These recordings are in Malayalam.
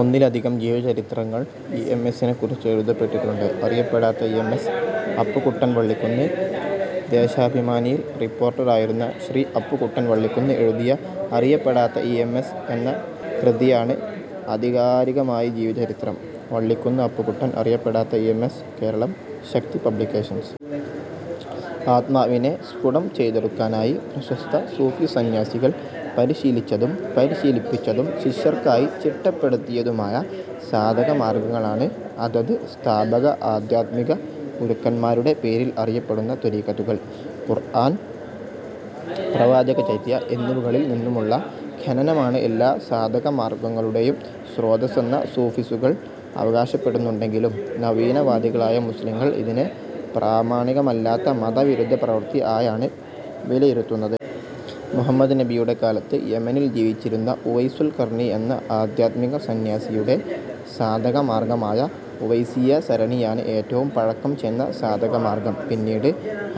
ഒന്നിലധികം ജീവചരിത്രങ്ങൾ ഇ. എം. എസിനെക്കുറിച്ച് എഴുതപ്പെട്ടിട്ടുണ്ട്. അറിയപ്പെടാത്ത E. M. S Appukuttan Vallikkunnu. ദേശാഭിമാനിയിൽ റിപ്പോർട്ടറായിരുന്ന ശ്രീ അപ്പുക്കുട്ടൻ വള്ളിക്കുന്ന് എഴുതിയ അറിയപ്പെടാത്ത ഇ. എം. എസ് എന്ന കൃതിയാണ് ആധികാരികമായി ജീവചരിത്രം. വള്ളിക്കുന്ന്, അപ്പുക്കുട്ടൻ. അറിയപ്പെടാത്ത E. M. S. Keralam: Shakti publishers.. ആത്മാവിനെ സ്ഫുടം ചെയ്തെടുക്കാനായി പ്രശസ്ത സൂഫി സന്യാസികൾ പരിശീലിച്ചതും, പരിശീലിപ്പിച്ചതും, ശിഷ്യർക്കായി ചിട്ടപ്പെടുത്തിയതുമായ സാധക മാർഗ്ഗങ്ങളാണ് അതത് സ്ഥാപക ആധ്യാത്മിക ഗുരുക്കന്മാരുടെ പേരിൽ അറിയപ്പടുന്ന ത്വരീഖത്തുകൾ. ഖുർആൻ, പ്രവാചക ചര്യ എന്നിവകളിൽ നിന്നുമുള്ള ഖനനമാണ് എല്ലാ സാധക മാർഗ്ഗങ്ങളുടെയും സ്രോതസ്സെന്നു സൂഫികൾ അവകാശപ്പെടുന്നുണ്ടെങ്കിലും നവീന വാദികളായ മുസ്ലിങ്ങൾ ഇതിനെ പ്രമാണികമല്ലാത്ത മത വിരുദ്ധ പ്രവൃത്തി ആയാണ് വിലയിരുത്തുന്നത്. മുഹമ്മദ് നബിയുടെ കാലത്ത് യമനിൽ ജീവിച്ചിരുന്ന ഉവൈസുൽ ഖർനി എന്ന ആധ്യാത്മിക സന്യാസിയുടെ സാധക മാർഗ്ഗമായ ഉവൈസിയ്യ സരണിയാണ് ഏറ്റവും പഴക്കം ചെന്ന സാധക മാർഗ്ഗം. പിന്നീട്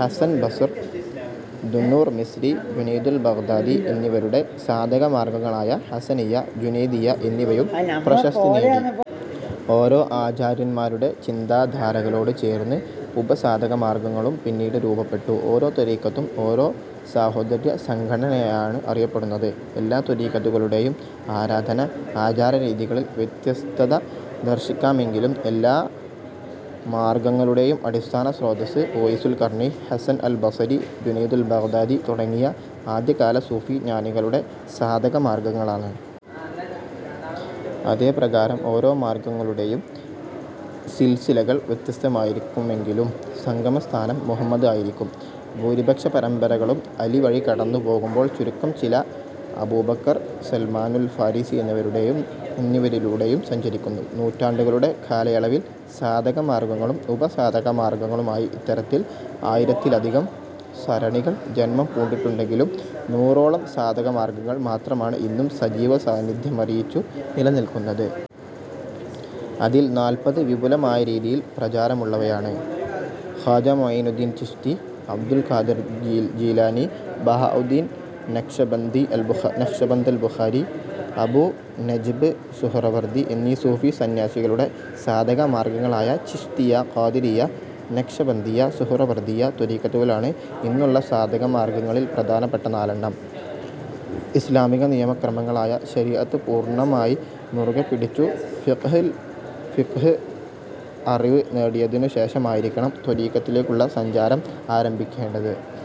Hasan Basr, Dunnur Misri, Junaidul Baghdadi എന്നിവരുടെ സാധക മാർഗ്ഗങ്ങളായ ഹസ്സനിയ്യ ജുനൈദിയ്യ എന്നിവയും പ്രശസ്തി നേടി. ഓരോ ആചാര്യന്മാരുടെ ചിന്താധാരകളോട് ചേർന്ന് ഉപ സാധക മാർഗ്ഗങ്ങളും പിന്നീട് രൂപപ്പെട്ടു. ഓരോ ത്വരീഖത്തും ഓരോ സാഹോദര്യ സംഘടനയായാണ് അറിയപ്പെടുന്നത്. എല്ലാ ത്വരീഖത്തുകളുടെയും ആരാധന ആചാര രീതികളിൽ വ്യത്യസ്തത ദർശിക്കാമെങ്കിലും എല്ലാ എല്ലാമാർഗ്ഗങ്ങളുടെയും അടിസ്ഥാന സ്രോതസ്സ് ഉവൈസുൽ ഖർനി, ഹസ്സൻ അൽ ബസ്വരി ജുനൈദുൽ ബാഗ്ദാദി തുടങ്ങിയ ആദ്യ കാല സൂഫി ജ്ഞാനികളുടെ സാധക മാർഗ്ഗങ്ങളാണ്. അതേ പ്രകാരം ഓരോ മാർഗ്ഗങ്ങളുടെയും സിൽസിലകൾ വ്യത്യസ്തമായിരിക്കുമെങ്കിലും സംഗമ സ്ഥാനം മുഹമ്മദ് ആയിരിക്കും. ഭൂരിപക്ഷ പരമ്പരകളും അലി വഴി കടന്നു പോകുമ്പോൾ ചുരുക്കം ചിലവ അബൂബക്കർ, സൽമാനുൽ ഫാരിസി എന്നിവരിലൂടെയും സഞ്ചരിക്കുന്നു. നൂറ്റാണ്ടുകളുടെ കാലയളവിൽ സാധക മാർഗ്ഗങ്ങളും ഉപ സാധക മാർഗ്ഗങ്ങളുമായി ഇത്തരത്തിൽ ആയിരത്തിലധികം സരണികൾ ജന്മം പൂണ്ടിട്ടുണ്ടെങ്കിലും നൂറോളം സാധക മാർഗ്ഗങ്ങൾ മാത്രമാണ് ഇന്നും സജീവ സാന്നിധ്യമറിയിച്ചു നിലനിൽക്കുന്നത്. അതിൽ നാൽപത് വിപുലമായ രീതിയിൽ പ്രചാരമുള്ളവയാണ്. ഖ്വാജാ മുഈനുദ്ദീൻ ചിശ്തി, അബ്ദുൽ ഖാദിർ ഗീലാനി, ബഹാഉദ്ദീൻ നഖ്ശ്ബന്ദ് ബുഖാരി, അബൂ നജ്ബ് സുഹ്റവര്ദി എന്നീ സൂഫി സന്യാസികളുടെ സാധക മാർഗ്ഗങ്ങളായ ചിശ്തിയ്യ, ഖാദിരിയ്യ, നഖ്ശ്ബന്ദിയ്യ, സുഹ്റവര്ദിയ്യ ത്വരീഖത്തുകളാണ് ഇന്നുള്ള സാധക മാർഗ്ഗങ്ങളിൽ പ്രധാനപ്പെട്ട നാലെണ്ണം. ഇസ്ലാമിക നിയമ ക്രമങ്ങളായ ശരീയത്ത് പൂർണ്ണമായി മുറുകെ പിടിച്ചു ഫിഖ്ഹ് ഇൽ അറിവ് നേടിയതിനു ശേഷമായിരിക്കണം ത്വരീഖത്തിലേക്കുള്ള സഞ്ചാരം ആരംഭിക്കേണ്ടത്.